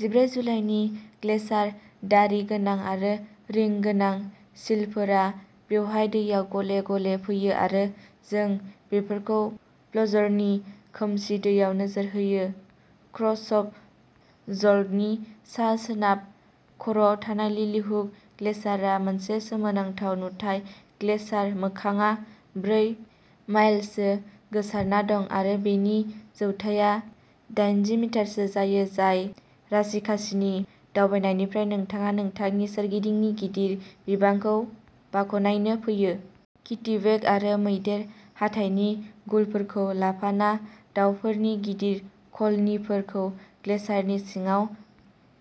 जिब्रै जुलाइनि ग्लेसियार। दारि गोनां आरो रिं गोनां सिलफोरा बेवहाय दैआव गले-गले फैयो आरो जों बेफोरखौ फ'जर्डनि खोमसि दैयाव नोजोर होयो। क्र'सफ'जर्डननि सा-सोनाब खर'आव थानाय लिलिहुक ग्लेसियारआ मोनसे सोमोनांथाव नुथाय। ग्लेसियार मोखांआ ब्रै माइलसो गोसारना दं आरो बेनि जौथाइया दाइनजि मिटारसो जायो जाय राशिकानि दावबायनायनिफ्राय नोंथाङा नोंथांनि सोरगिदिंनि गिदिर बिबांखौ बाखनायनो फैयो। किटिवेक आरो मैदेर हाथाइनि गुलफोरखौ लाफाना दावफोरनि गिदिर कल'निफोरखौ ग्लेसियारनि सिगाङाव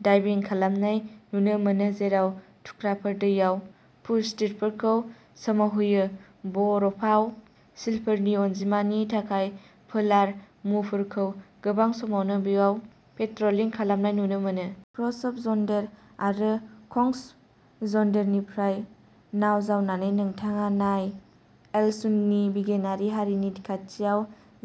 डाइभिं खालामनाय नुनो मोनो, जेब्ला थुख्राफोरा दैआव पुष्टिफोरखौ सोमावहोयो। बरफाव सिलफोरनि अनजिमानि थाखाय पोलार मुफुरखौ गोबां समावनो बेयाव पेट्रलिं खालामनाय नुनो मोनो। क्र'सफ'जर्डेन आरो कंस्फ'जर्डेननिफ्राय नाव जावनानै, नोंथाङा नाय एलसुन्डनि बिगियानारि हारिनि खाथियाव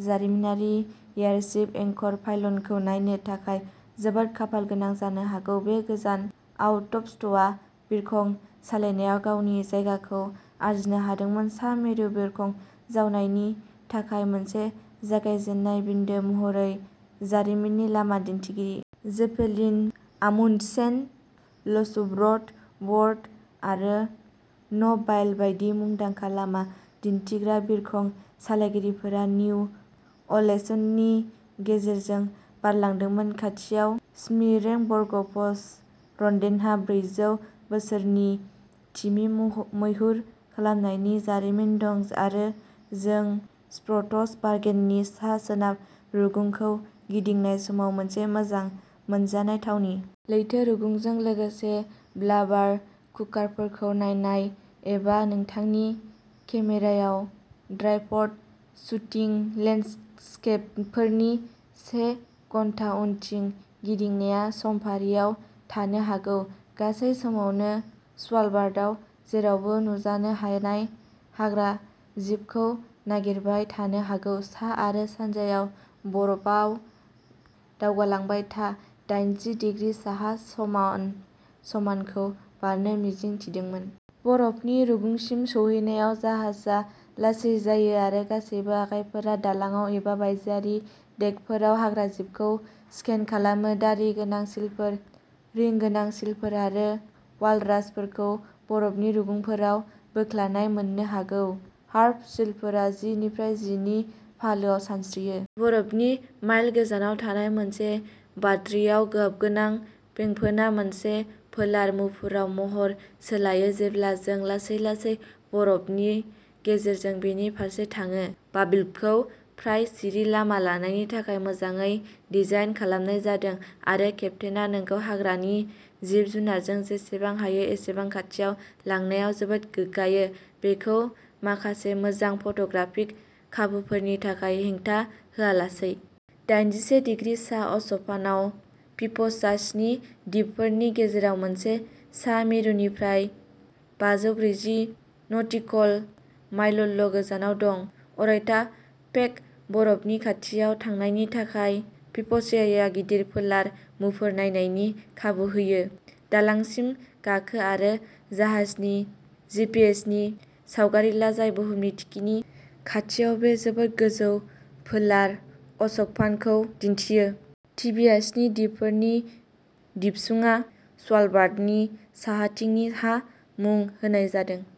जारिमिनारि एयारशिप एंकर पाइल'नखौ नायनो थाखाय जोबोद खाफालगोनां जानो हागौ। बे गोजान आउटप'स्टआ बिरखं सालायनायाव गावनि जायगाखौ आरजिनो हादोंमोन। सा-मेरु बिरखं जावनायनि थाखाय मोनसे जागायजेननाय बिन्दो महरै जारिमिननि लामा दिन्थिगिरि। जेपेलिन, आमुन्डसेन, एल्सवर्थ, बर्ड आरो न'बाइल बायदि मुंदांखा लामा दिन्थिग्रा बिरखं सालायगिरिफोरा निउ अलेसुन्डनि गेजेरजों बारलांदोंमोन। खाथियाव, स्मीरेंबर्गफज'र्डेनहा ब्रैजौ बोसोरनि तिमि मैहुर खालामनायनि जारिमिन दं आरो जों स्पिट्सबार्गेननि सा-सोनाब रुगुंखौ गिदिंनाय समाव मोनसे मोजां मोनजानाय थावनि। लैथो रुगुंजों लोगोसे ब्लाबार कुकारफोरखौ नायनाय, एबा नोंथांनि केमेरायाव ट्राइपड शुटिं लेन्डस्केपफोरनि से घन्टा उनथिं गिदिंनाया समफारियाव थानो हागौ, गासै समावनो स्वालबार्डआव जेरावबो नुजानो हानाय हाग्राजिबखौ नागिरबाय थानो हागौ। सा आरो सानजायाव बरफआव दावगालांबाय था, दाइनजि डिग्रि साहा समान समानखौ बारनो मिजिं थिदोंमोन। बरफनि रुगुंसिम सौहैनायाव जाहाजआ लासै जायो आरो गासैबो आखाइफोरा दालांआव एबा बायजोआरि देकफोराव हाग्राजिबखौ स्केन खालामो। दारि गोनां सिलफोर, रिं गोनां सिलफोर आरो वालरासफोरखौ बरफनि रुगुंफोराव बोख्लायनाय मोननो हागौ। हार्प सिलफोरा जि निफ्राय जि नि फालोआव सानस्रियो। बरफनि माइल गोजानाव थानाय मोनसे बाटरियाव गाबगोनां फेंफोना मोनसे पोलार मुफुराव महर सोलायो, जेब्ला जों लासै-लासै बरफनि गेजेरजों बेनि फारसे थाङो। भाभिलभखौ फ्राय सिरि लामा लानायनि थाखाय मोजाङै डिजाइन खालामनाय जादों आरो केप्तेनआ नोंखौ हाग्रानि जिब-जुनारजों जेसेबां हायो एसेबां खाथियाव लांनायाव जोबोद गोग्गायो, बेखौ माखासे मोजां फट'ग्राफिक खाबुफोरनि थाखाय हेंथा होआलासै। दाइनजिसे डिग्री साहा अक्षफानाव, फिप्स'या-स्नि दिपफोरनि गेजेराव मोनसे सा मेरुनिफ्राय बाजौब्रैजि नटिकल माइलल'गोजानाव दं। अरायथा पेक बरफनि खाथियाव थानायनि थाखाय, फिप्स'याया गिदिर पोलार मुफुर नायनायनि खाबु होयो। दालांसिम गाखो आरो जाहाजनि जिपिएस नि सावगारि ला, जाय बुहुमनि थिखिनि खाथियाव बे जोबोद गोजौ पोलार अक्षफानखौ दिन्थियो। ट्रिभिया स्नि दिपफोरनि दिपसुङा स्वालबार्डनि साहाथिंनि हा मुं होनाय जादों।